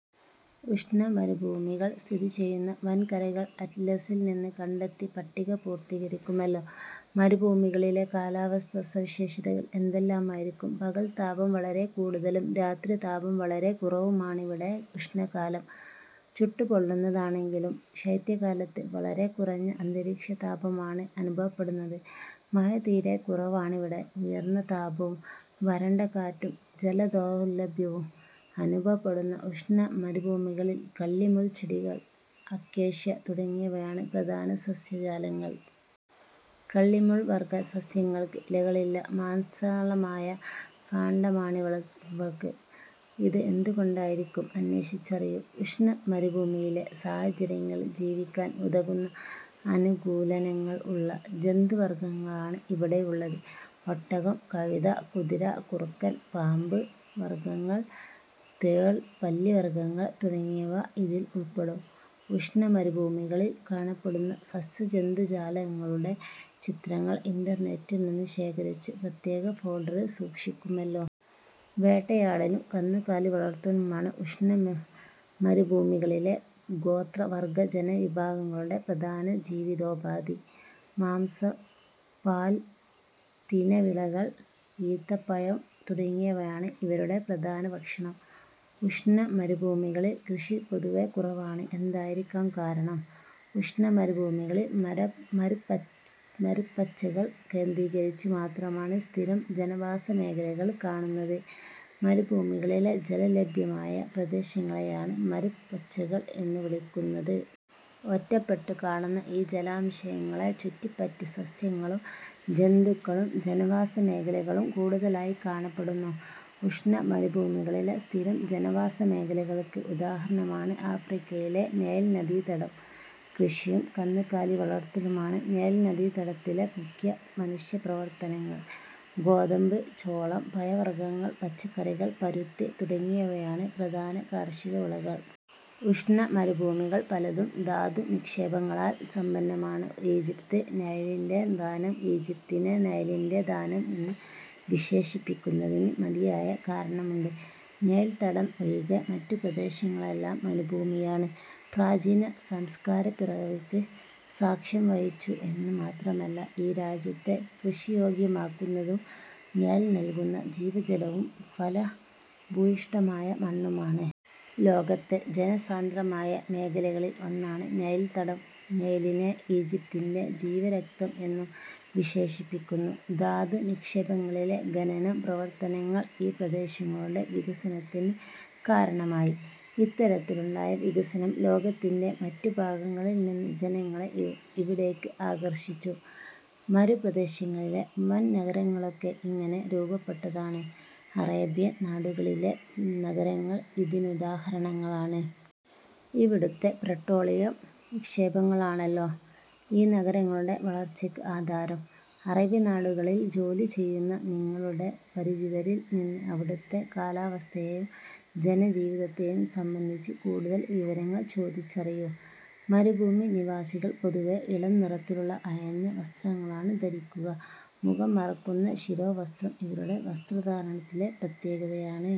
ഉഷ്ണമരുഭൂമികൾ സ്ഥിതി ചെയ്യുന്ന വൻകരകൾ അറ്റ്ലസിൽ നിന്ന് കണ്ടെത്തി പട്ടിക പൂർത്തീകരിക്കുമല്ലോ. മരുഭൂമികളിലെ കാലാവസ്ഥാ സവിശേഷതകൾ എന്തെല്ലാമായിരിക്കും? പകൽ താപം വളരെ കൂടുതലും രാത്രി താപം വളരെ കുറവുമാണിവിടെ. ഉഷ്ണകാലം ചുട്ടുപൊള്ളുന്നതാണെങ്കിലും ശൈത്യകാലത്ത് വളരെ കുറഞ്ഞ അന്തരീക്ഷതാപമാണ് അനുഭവപ്പെടുന്നത്. മഴ തീരെ കുറവാണിവിടെ. ഉയർന്ന താപവും വരണ്ട കാറ്റും ജല ദൗർലഭ്യവും അനുഭവപ്പെടുന്ന ഉഷ്ണ മരുഭൂമികളിൽ കള്ളിമുൾച്ചെടികൾ, അക്കേഷ്യ, തുടങ്ങിയവയാണ് പ്രധാന സസ്യജാലങ്ങൾ. കള്ളിമുൾവർഗ്ഗ സസ്യങ്ങൾക്ക് ഇലകളില്ല. മാംസളമായ കാണ്ഡമാണിവയ്ക്ക്. ഇത് എന്തുകൊണ്ടായിരിക്കാം? അന്വേഷിച്ചറിയൂ. ഉഷ്ണ മരുഭൂമിയിലെ സാഹചര്യങ്ങളിൽ ജീവിക്കാൻ ഉതകുന്ന അനുകൂലനങ്ങൾ ഉള്ള ജന്തുവർഗ്ഗങ്ങളാണ് ഇവിടെയുള്ളത്. ഒട്ടകം, കഴുത, കുതിര, കുറുക്കൻ, പാമ്പു വർഗ്ഗങ്ങൾ, തേൾ, പല്ലിവർഗ്ഗങ്ങൾ തുടങ്ങിയവ ഇതിൽ ഉൾപ്പെടും. ഉഷ്ണമരുഭൂമികളിൽ കാണപ്പെടുന്ന സസ്യജന്തുജാലങ്ങളുടെ ചിത്രങ്ങൾ ഇന്റർനെറ്റിൽ നിന്ന് ശേഖരിച്ച് പ്രത്യേക ഫോൾഡറിൽ സൂക്ഷിക്കുമല്ലോ. വേട്ടയാടലും കന്നുകാലി വളർത്തലുമാണ് ഉഷ്ണ മരുഭൂമികളിലെ ഗോത്രവർഗ്ഗജനവിഭാഗങ്ങളുടെ പ്രധാന ജീവിതോപാധി. മാംസം, പാൽ, തിനവിളകൾ, ഈന്തപ്പഴം തുടങ്ങിയവയാണ് ഇവരുടെ പ്രധാന ഭക്ഷണം. ഉഷ്ണമരുഭൂമികളിൽ കൃഷി പൊതുവെ കുറവാണ്. എന്തായിരിക്കാം കാരണം? ഉഷ്ണമരുഭൂമികളിൽ മരുപ്പച്ചകൾ കേന്ദ്രീകരിച്ച് മാത്രമാണ് സ്ഥിരം ജനവാസമേഖലകൾ കാണുന്നത്. മരുഭൂമികളിലെ ജലലഭ്യമായ പ്രദേശങ്ങളെയാണ് മരുപ്പച്ചകൾ എന്നു വിളിക്കുന്നത്. ഒറ്റപ്പെട്ടു കാണുന്ന ഈ ജലാശയങ്ങളെ ചുറ്റിപ്പറ്റി സസ്യങ്ങളും ജന്തുക്കളും ജനവാസമേഖലകളും കൂടുതലായി കാണപ്പെടുന്നു. ഉഷ്ണ മരുഭൂമികളിലെ സ്ഥിരം ജനവാസമേഖലകൾക്ക് ഉദാഹരണമാണ് ആഫ്രിക്കയിലെ നൈൽ നദീതടം. കൃഷിയും കന്നുകാലി വളർത്തലുമാണ് നൈൽ നദീതടത്തിലെ മുഖ്യ മനുഷ്യപ്രവർത്തനങ്ങൾ. ഗോതമ്പ്, ചോളം, പഴവർഗ്ഗങ്ങൾ, പച്ചക്കറികൾ, പരുത്തി തുടങ്ങിയവയാണ് പ്രധാന കാർഷികവിളകൾ. ഉഷ്ണ മരുഭൂമികൾ പലതും ധാതുനിക്ഷേപങ്ങളാൽ സമ്പന്നമാണ്. ഈജിപ്ത്: നൈലിന്റെ ദാനം ഈജിപ്തിനെ നൈലിന്റെ ദാനം എന്ന് വിശേഷിപ്പിക്കുന്നതിന് മതിയായ കാരണമുണ്ട്. നൈൽ തടം ഒഴികെ മറ്റു പ്രദേശങ്ങളെല്ലാം മരുഭൂമിയാണ്. പ്രാചീന സംസ്കാരപ്പിറവിക്ക് സാക്ഷ്യം വഹിച്ചു എന്നുമാത്രമല്ല, ഈ രാജ്യത്തെ കൃഷിയോഗ്യമാക്കുന്നതും നൈൽ നൽകുന്ന ജീവജലവും ഫലഭൂയിഷ്ഠമായ മണ്ണുമാണ്. ലോകത്തെ ജനസാന്ദ്രമായ മേഖലകളിൽ ഒന്നാണ് നൈൽ തടം. നൈലിനെ ഈജിപ്തിന്റെ ജീവരക്തം എന്നും വിശേഷിപ്പിക്കുന്നു. ധാതു നിക്ഷേപങ്ങളിലെ ഖനനം പ്രവർത്തനങ്ങൾ ഈ പ്രദേശങ്ങളുടെ വികസനത്തിന് കാരണമായി. ഇത്തരത്തിലുണ്ടായ വികസനം ലോകത്തിന്റെ മറ്റു ഭാഗങ്ങളിൽനിന്ന് ജനങ്ങളെ ഇവിടേക്ക് ആകർഷിച്ചു. മരുപ്രദേശങ്ങളിലെ വൻനഗരങ്ങളൊക്കെ ഇങ്ങനെ രൂപപ്പെട്ടതാണ്. അറേബ്യൻ നാടുകളിലെ നഗരങ്ങൾ ഇതിനുദാഹരണങ്ങളാണ്. ഇവിടത്തെ പെട്രോളിയം നിക്ഷേപങ്ങളാണല്ലോ ഈ നഗരങ്ങളുടെ വളർച്ചയ്ക്ക് ആധാരം. അറബിനാടുകളിൽ ജോലി ചെയ്യുന്ന നിങ്ങളുടെ പരിചിതരിൽ നിന്ന് അവിടുത്തെ കാലാവസ്ഥയെയും ജന ജീവിതത്തെയും സംബന്ധിച്ച് കൂടുതൽ വിവരങ്ങൾ ചോദിച്ചറിയൂ. മരുഭൂമി നിവാസികൾ പൊതുവേ ഇളംനിറത്തിലുള്ള അയഞ്ഞ വസ്ത്രങ്ങളാണ് ധരിക്കുക. മുഖം മറയ്ക്കുന്ന ശിരോവസ്ത്രം ഇവരുടെ വസ്ത്രധാരണത്തിലെ പ്രത്യേകതയാണ്.